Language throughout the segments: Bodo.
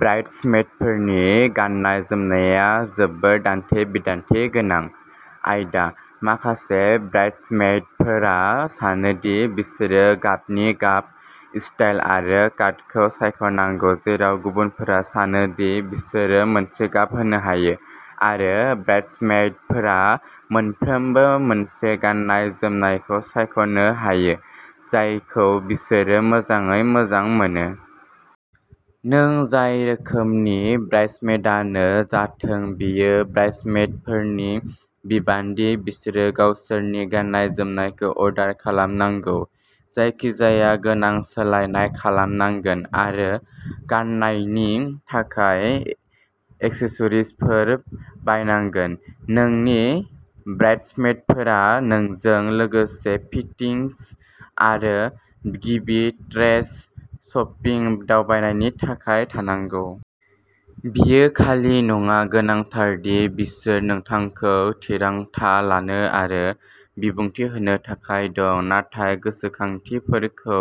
ब्राइड्समेइडफोरनि गाननाय जोमनाया जोबोद दान्थे-बिदान्थे गोनां आयदा। माखासे ब्राइड्समेइडफोरा सानो दि बिसोरो गाबनि गाब, स्टाइल आरो काटखौ सायख'नांगौ, जेराव गुबुनफोरा सानो दि बिसोरो मोनसे गाब होनो हायो, आरो ब्राइड्समेइडफोरा मोनफ्रोमबो मोनसे गाननाय जोमनायखौ सायख'नो हायो जायखौ बिसोरो मोजाङै मोजां मोनो। नों जाय रोखोमनि ब्राइड्समेइडानो जाथों, बेयो ब्राइड्समेइडफोरनि बिबान दि बिसोरो गावसोरनि गाननाय जोमनायखौ अर्डार खालामनांगौ, जायखिजाया गोनां सोलायनाय खालामनांगोन, आरो गाननायनि थाखाय एक्सेसरिजफोर बायनांगोन। नोंनि ब्राइड्समेइडफोरा नोंजों लोगोसे फिटिंस आरो गिबि ड्रेस शपिं दावबायनायनि थाखाय थानांगौ। बेयो खालि नङा। गोनांथार दि बिसोर नोंथांखौ थिरांथा लानो आरो बिबुंथि होनो थाखाय दं, नाथाय गोसोखांथिफोरखौ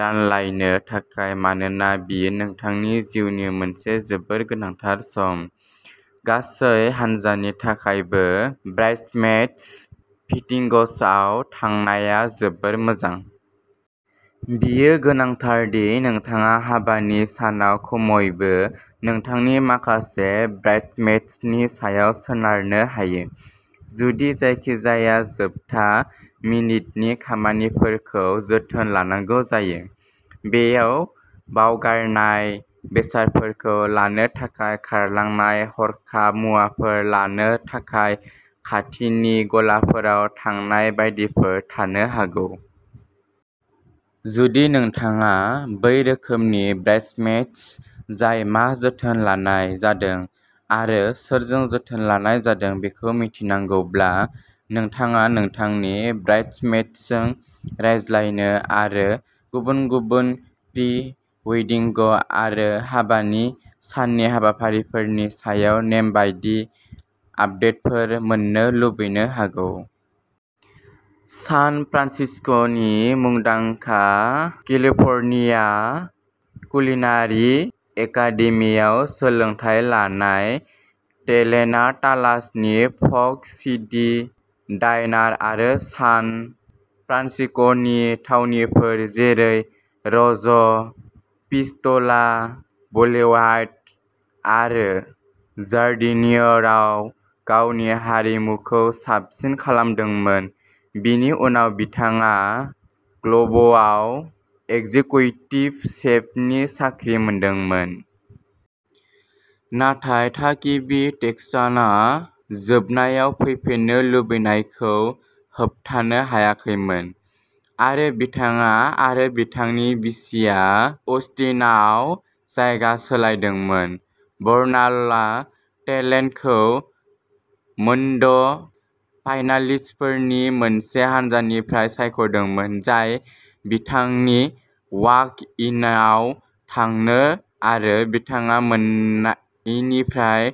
रानलायनो थाखाय, मानोना बेयो नोंथांनि जिउनि मोनसे जोबोद गोनांथार सम। गासै हान्जानि थाखायबो ब्राइड्समेड्स फिटिंग्सआव थांनाया जोबोद मोजां। बेयो गोनांथार दि नोंथाङा हाबानि सानाव खमैबो नोंथांनि माखासे ब्राइड्समेड्सनि सायाव सोनारनो हायो, जुदि जायखिजाया जोबथा मिनिटनि खामानिफोरखौ जोथोन लानांगौ जायो। बेयाव बावगारनाय बेसादफोरखौ लानो थाखाय खारलांनाय, हरखाब मुवाफोर लानो थाखाय खाथिनि गलाफोराव थांनाय बायदिफोर थानो हागौ। जुदि नोंथाङा बै रोखोमनि ब्राइड्समेड्स जाय मा जोथोन लानाय जादों आरो सोरजों जोथोन लानाय जादों बेखौ मिथिनांगौब्ला, नोंथाङा नोंथांनि ब्राइड्समेड्सजों रायज्लायनो आरो गुबुन गुबुन प्रि-वेडिंग आरो हाबानि साननि हाबाफारिफोरनि सायाव नेमबादि आपडेटफोर मोन्नो लुबैनो हागौ। सान फ्रान्सिस्क'नि मुंदांखा केलिफ'र्निया कुलिनारि एकादेमिआव सोलोंथाय लानाय, टेलेन्टआ डालासनि फग सिटी डाइनार आरो सान फ्रान्सिस्क'नि थावनिफोर जेरै र'ज पिस्ट'ला, बुलेवार्ड आरो जार्डिनियरआव गावनि हारिमुखौ साबसिन खालामदोंमोन, बेनि उनाव बिथाङा ग्ल'बआव एकजेक्युटिभ शेफनि साख्रि मोनदोंमोन। नाथाय थागिबि टेक्सानआ जोबनायाव फैफिननो लुबैनायखौ होबथानो हायाखैमोन, आरो बिथाङा आरो बिथांनि बिसिआ अस्टिनआव जायगा सोलायदोंमोन। बर्नालआ टेलेन्टखौ मोनद'फाइनालिस्टफोरनि मोनसे हानजानिफ्राय सायख'दोंमोन, जाय बिथांनि वाक-इनआव थांनो आरो बिथाङा मोन्नायनिफ्राय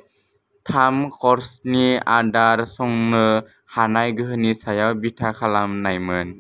थाम-क'र्सनि आदार संनो हानाय गोहोनि सायाव बिथा खालामनायमोन।